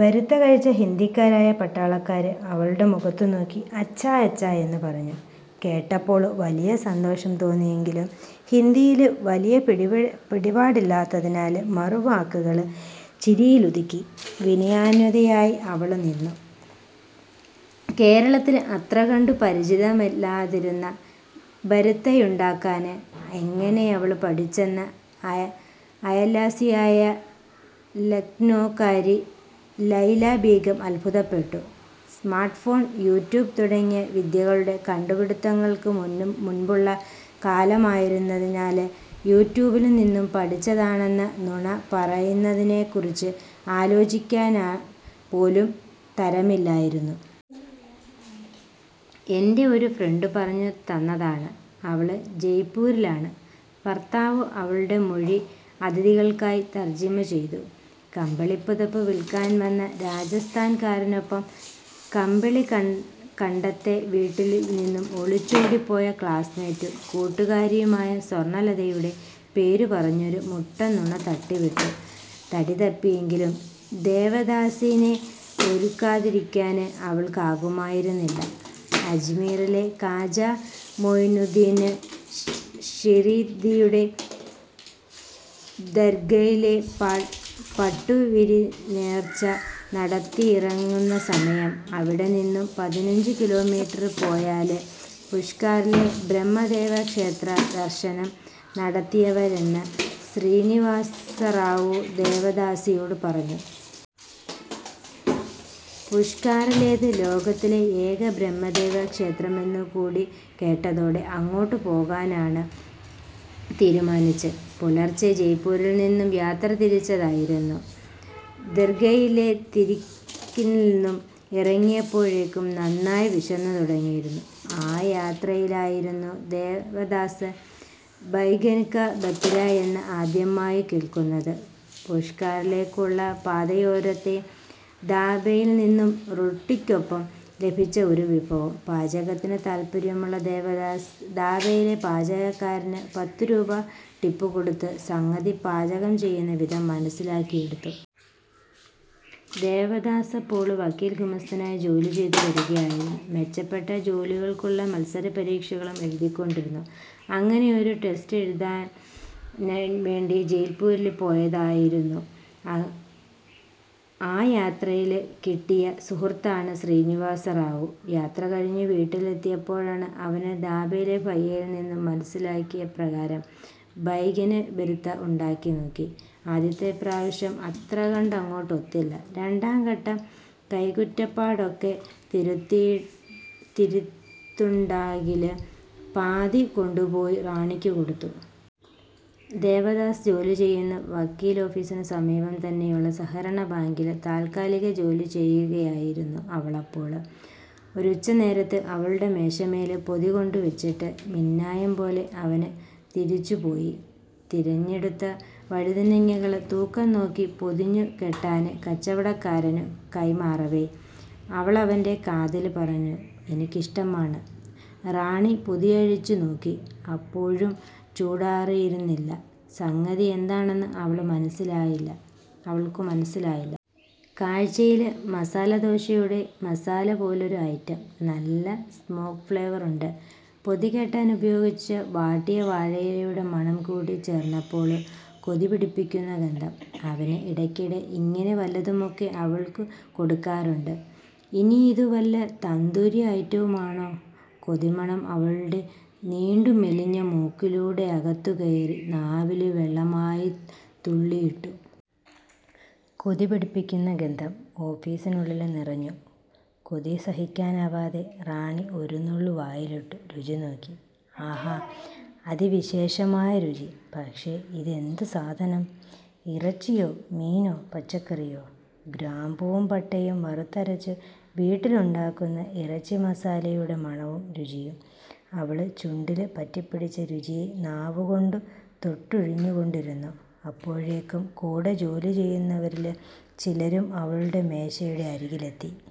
ബര്ത്ത കഴിച്ച ഹിന്ദിക്കാരായ പട്ടാളക്കാര് അവളുടെ മുഖത്തുനോക്കി 'അച്ഛാ, അച്ഛാ-' യെന്നു പറഞ്ഞു. കേട്ടപ്പോള് വലിയ സന്തോഷം തോന്നിയെങ്കിലും ഹിന്ദിയില് വലിയ പിടിപാടില്ലാത്തതിനാല് മറുവാക്കുകള് ചിരിയിലൊതുക്കി വിനയാന്വതിയായി അവള് നിന്നു. കേരളത്തില് അത്രകണ്ടു പരിചിതമല്ലാതിരുന്ന ബര്ത്തയുണ്ടാക്കാന് എങ്ങനെയവള് പഠിച്ചെന്നു അയല്വാസിയായ ലക്നോക്കാരി ലൈലാബീഗം അത്ഭുതപ്പെട്ടു. സ്മാര്ട്ട് ഫോണ്, യൂട്യൂബ് തുടങ്ങിയ വിദ്യകളുടെ കണ്ടുപിടുത്തങ്ങള്ക്ക് മുന്പുള്ള കാലമായിരുന്നതിനാല് യൂട്യൂബില് നിന്നും പഠിച്ചതാണെന്ന നുണപറയുന്നതിനെക്കുറിച്ച് ആലോചിക്കാന് പോലും തരമില്ലായിരുന്നു. 'എന്റെ ഒരു ഫ്രണ്ട് പറഞ്ഞു തന്നതാണ്. അവള് ജയ്പ്പൂരിലാണ്'' ഭര്ത്താവ് അവളുടെ മൊഴി അതിഥികള്ക്കായി തര്ജമ ചെയ്തു. കമ്പിളിപ്പുതപ്പു വില്ക്കാന് വന്ന രാജസ്ഥാന്കാരനൊപ്പം കമ്പിളികണ്ടത്തെ വീട്ടില്നിന്നും ഒളിച്ചോടിപ്പോയ ക്ലാസ്മേറ്റും കൂട്ടുകാരിയുമായ സ്വര്ണ്ണലതയുടെ പേരുപറഞ്ഞൊരു മുട്ടന്നുണ തട്ടിവിട്ടു തടിതപ്പിയെങ്കിലും ദേവദാസിനെ ഓര്ക്കാതിരിക്കാന് അവള്ക്കാകുമായിരുന്നില്ല. അജ്മീറിലെ കാജാ മോയിനുദ്ദിന് ഷിര്ദ്ദിയുടെ ദര്ഗയില് പട്ടുവിരിനേര്ച്ച നടത്തിയിറങ്ങുന്നസമയം അവിടെനിന്നും പതിനഞ്ചുകിലോമീറ്റര് പോയാല് പുഷ്കറിലെ ബ്രഹ്മദേവക്ഷേത്ര ദര്ശനം നടത്തിവരാമെന്ന് ശ്രീനിവാസറാവു ദേവദാസിനോട് പറഞ്ഞു. പുഷ്കറിലേത് ലോകത്തിലെ ഏക ബ്രഹ്മദേവ ക്ഷേത്രമെന്നുകൂടി കേട്ടതോടെ അങ്ങോട്ടു പോകാന് തീരുമാനിച്ചു. പുലര്ച്ചെ ജയ്പൂരില്നിന്നും യാത്രതിരിച്ചതായിരുന്നു. ദര്ഗയിലെ തിരക്കില്നിന്നും ഇറങ്ങിയപ്പോഴേക്കും നന്നായി വിശന്നുതുടങ്ങിയിരുന്നു. ആ യാത്രയിലായിരുന്നു ദേവദാസ് 'ബൈഗന് കാ ബര്ത്താ'യെന്നു ആദ്യമായി കേള്ക്കുന്നത്. പുഷ്കറിലേക്കുള്ള പാതയോരത്തെ ദാബയില്നിന്നും റൊട്ടിക്കൊപ്പം ലഭിച്ച ഒരു വിഭവം. പാചകത്തില് താല്പര്യമുള്ള ദേവദാസ്, ദാബയിലെ പാചകക്കാരന് പത്തുരൂപാ ടിപ്പുകൊടുത്ത് സംഗതി പാചകം ചെയ്യുന്ന വിധം മനസ്സിലാക്കിയെടുത്തു. ദേവദാസപ്പോള് വക്കീല്ഗുമസ്തനായി ജോലിചെയ്തു വരികയായിരുന്നു. മെച്ചപ്പെട്ട ജോലികള്ക്കുള്ള മത്സരപരീക്ഷകളും എഴുതിക്കൊണ്ടിരുന്നു. അങ്ങനെയൊരു ടെസ്റ്റെഴുതാന്വേണ്ടി ജയ്പ്പൂരില് പോയതായിരുന്നു. ആ യാത്രയില് കിട്ടിയ സുഹൃത്താണ് ശ്രീനിവാസറാവു. യാത്രകഴിഞ്ഞു വീട്ടിലെത്തിയപ്പോള് അവന് ദാബയിലെ ഭയ്യയില് നിന്നും മനസ്സിലാക്കിയ പ്രകാരം 'ബൈഗന് ബര്ത്ത' ഉണ്ടാക്കിനോക്കി. ആദ്യത്തെ പ്രാവശ്യം അത്രയ്ക്കങ്ങോട്ടൊത്തില്ല. രണ്ടാംവട്ടം കൈക്കുറ്റപ്പാടൊക്കെ തീര്ത്തുണ്ടാക്കിയതില് പാതികൊണ്ടുപോയി റാണിക്ക് കൊടുത്തു. ദേവദാസ് ജോലിചെയ്യുന്ന വക്കീലോഫിസിനു സമീപം തന്നെയുള്ള സഹകരണബാങ്കില് താല്ക്കാലിക ജോലി ചെയ്യുകയായിരുന്നു അവളപ്പോള്. ഒരുച്ചനേരത്ത് അവളുടെ മേശമേല് പൊതികൊണ്ടുവെച്ചിട്ട് മിന്നായംപോലെ അവന് തിരിച്ചുപോയി. തിരഞ്ഞെടുത്ത വഴുതനങ്ങകള് തൂക്കംനോക്കി പൊതിഞ്ഞുകെട്ടാന് കച്ചവടക്കാരനു കൈമാറവേ അവളവന്റെ കാതില് പറഞ്ഞു. '' എനിക്കിഷ്ടമാണ്'' റാണി പൊതിയഴിച്ചുനോക്കി. അപ്പോഴും ചൂടാറിയിരുന്നില്ല. സംഗതി എന്താണെന്നു അവള്ക്കു മനസ്സിലായില്ല. കാഴ്ചയില് മസാലദോശയുടെ മസാല പോലൊരു ഐറ്റം. നല്ല സ്മോക്ക് ഫ്ലേവറുണ്ട്. പൊതികെട്ടാന് ഉപയോഗിച്ച വാട്ടിയ വാഴയിലയുടെ മണംകൂടി ചേര്ന്നപ്പോള് കൊതിപിടിപ്പിക്കുന്ന ഗന്ധം. അവന് ഇടക്കിടെ ഇങ്ങനെ വല്ലതുമൊക്കെ അവള്ക്കു കൊടുക്കാറുണ്ട്. ഇനിയിതു വല്ല തന്തൂരി ഐറ്റവുമാണോ? കൊതിമണം അവളുടെ നീണ്ടുമെലിഞ്ഞ മൂക്കിലൂടകത്തുകയറി നാവില് വെള്ളമായി തുള്ളിയിട്ടു. കൊതിപിടിപ്പിക്കുന്ന ഗന്ധം ഓഫീസിനുള്ളില് നിറഞ്ഞു. കൊതിസഹിക്കാനാവാതെ റാണി ഒരുനുള്ള് വായിലിട്ടു രുചിനോക്കി. ആഹാ.. അതിവിശേഷമായ രുചി!. പക്ഷെ ഇതെന്തു സാധനം!. ഇറച്ചിയോ മീനോ പച്ചക്കറിയോ? ഗ്രാമ്പുവും പട്ടയും വറുത്തരച്ചു വീട്ടിലുണ്ടാക്കുന്ന ഇറച്ചിമസാലയുടെ മണവും രുചിയും!. അവള് ചുണ്ടില് പറ്റിപ്പിടിച്ച രുചിയെ നാവുകൊണ്ട് തൊട്ടുഴിഞ്ഞുകൊണ്ടിരുന്നു. അപ്പോഴേക്കും കൂടെ ജോലിചെയ്യുന്നവരില് ചിലരും അവളുടെ മേശയുടെ അരികിലെത്തി.